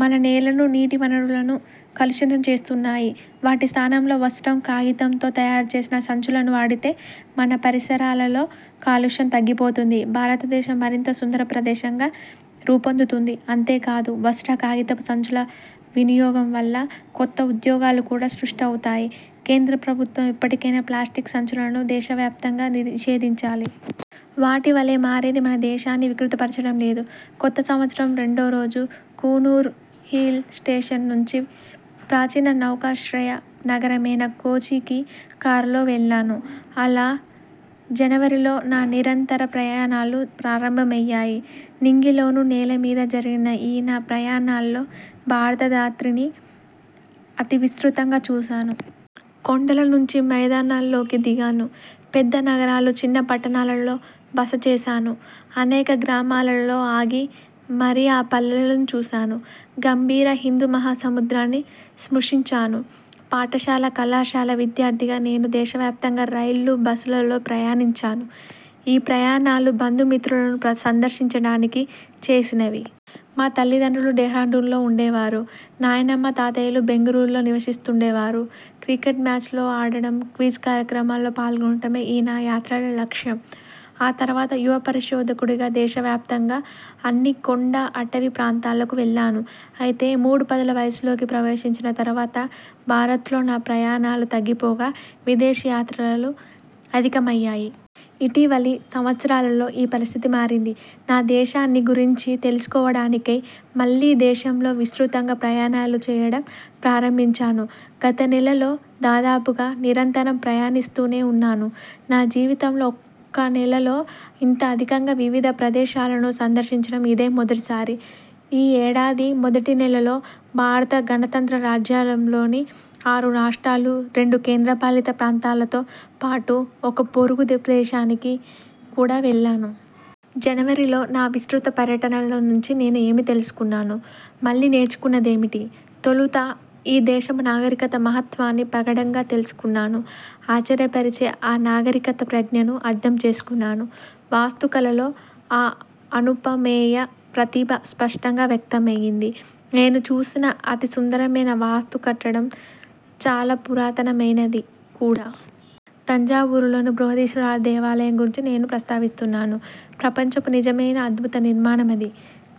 మన నేలను, నీటి వనరులను కలుషితం చేస్తున్నాయి. వాటి స్థానంలో వస్త్రం, కాగితంతో తయారుచేసిన సంచులను వాడితే మన పరిసరాలలో కాలుష్యం తగ్గిపోతుంది. భారతదేశం మరింత సుందరప్రదేశంగా రూపొందుతుంది. అంతేకాదు వస్త్ర, కాగితపు సంచుల వినియోగం వల్ల కొత్త ఉద్యోగాలు కూడా సృష్టి అవుతాయి. కేంద్ర ప్రభుత్వం ఇప్పటికైనా ప్లాస్టిక్ సంచులను దేశవ్యాప్తంగా నిషేధించాలి. వాటి వలే మరేదీ మన దేశాన్ని వికృతపరచడం లేదు. కొత్త సంవత్సరం రెండో రోజు కూనూర్ హిల్ స్టేషన్ నుంచి ప్రాచీన నౌకాశ్రయ నగరమైన కోచికి కారులో వెళ్ళాను. అలా, జనవరిలో నా నిరంతర ప్రయాణాలు ప్రారంభమయ్యాయి. నింగిలోనూ, నేలమీద జరిగిన ఈ నా ప్రయాణాల్లో భారత ధాత్రిని అతి విస్తృతంగా చూశాను. కొండల నుంచి మైదానాల్లోకి దిగాను; పెద్ద నగరాలు, చిన్న పట్టణాలలో బస చేశాను; అనేక గ్రామాలలో ఆగి, మరీ ఆ పల్లెలను చూశాను; గంభీర హిందూ మహాసముద్రాన్నీ స్పృశించాను. పాఠశాల, కళాశాల విద్యార్థిగా నేను దేశవ్యాప్తంగా రైళ్ళు, బస్సులలో ప్రయాణించాను. ఈ ప్రయాణాలు బంధుమిత్రులను సందర్శించడానికి చేసినవి. మా తల్లిదండ్రులు డెహ్రాడూన్లో వుండేవారు. నాయనమ్మ, తాతయ్యలు బెంగళూరులో నివశిస్తుండేవారు. క్రికెట్ మ్యాచ్లు ఆడడం, క్విజ్ కార్యక్రమాల్లో పాల్గొనడమే ఈ నా యాత్రల లక్ష్యం. ఆ తరువాత యువ పరిశోధకుడుగా దేశవ్యాప్తంగా అన్ని కొండ, అటవీ ప్రాంతాలకు వెళ్ళాను. అయితే మూడు పదుల వయస్సులోకి ప్రవేశించిన తరువాత భారత్లో నా ప్రయాణాలు తగ్గిపోగా, విదేశీ యాత్రలు అధికమయ్యాయి. ఇటీవలి సంవత్సరాలలో ఈ పరిస్థితి మారింది. నా దేశాన్ని గురించి తెలుసుకోవడానికై మళ్ళీ దేశంలో విస్తృతంగా ప్రయాణాలు చేయడం ప్రారంభించాను. గత నెలలో దాదాపుగా నిరంతరం ప్రయాణిస్తూనే వున్నాను. నా జీవితంలో ఒక్క నెలలో ఇంత అధికంగా వివిధ ప్రదేశాలను సందర్శించడం ఇదే మొదటిసారి. ఈ ఏడాది మొదటి నెలలో, భారత గణతంత్ర రాజ్యంలోని ఆరు రాష్ట్రాలు, రెండు కేంద్ర పాలిత ప్రాంతాలతో పాటు ఒక పొరుగు దేశానికి కూడా వెళ్ళాను. జనవరిలో నా విస్తృత పర్యటనల నుంచి నేను ఏమి తెలుసుకున్నాను? మళ్ళీ నేర్చుకున్నదేమిటి? తొలుత, ఈ దేశపు నాగరికతా మహత్వాన్ని ప్రగాఢంగా తెలుసుకున్నాను. ఆశ్చర్యపరిచే ఆ నాగరికత ప్రజ్ఞను అర్థం చేసుకున్నాను. వాస్తుకళలో ఆ అనుపమేయ ప్రతిభ స్పష్టంగా వ్యక్తమయింది. నేను చూసిన అతి సుందరమైన వాస్తుకట్టడం చాలా పురాతనమైనది కూడా. తంజావూరులోని బృహదీశ్వర దేవాలయం గురించి నేను ప్రస్తావిస్తున్నాను. ప్రపంచపు నిజమైన అద్భుత నిర్మాణమది.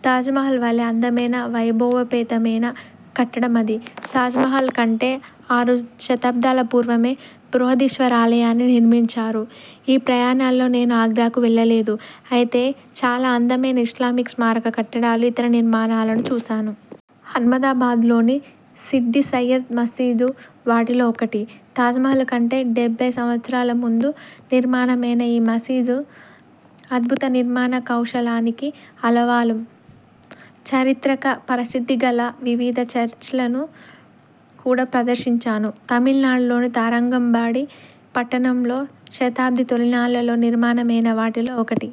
తాజ్మహల్ వలే అందమైన, వైభవోపేతమైన కట్టడమది. తాజ్మహల్ కంటే ఆరు శతాబ్దాల పూర్వమే బృహదీశ్వరాలయాన్ని నిర్మించారు. ఈ ప్రయాణాల్లో నేను ఆగ్రాకు వెళ్ళలేదు. అయితే చాలా అందమైన ఇస్లామిక్ స్మారక కట్టడాలు, ఇతర నిర్మాణాలను చూశాను. అహ్మదాబాద్లోని సిడ్డి సయ్యద్ మస్జీదు వాటిలో ఒకటి. తాజ్మహల్ కంటే డెబ్బై సంవత్సరాల ముందు నిర్మాణమయిన ఈ మస్జీదు అద్భుత నిర్మాణ కౌశలానికి ఆలవాలం. చారిత్రక ప్రసిద్ధి గల వివిధ చర్చ్లను కూడా సందర్శించాను. తమిళనాడులోని తరంగంబాడి పట్టణంలో శతాబ్ది తొలినాళ్ళలో నిర్మాణమైన వాటిలో ఒకటి.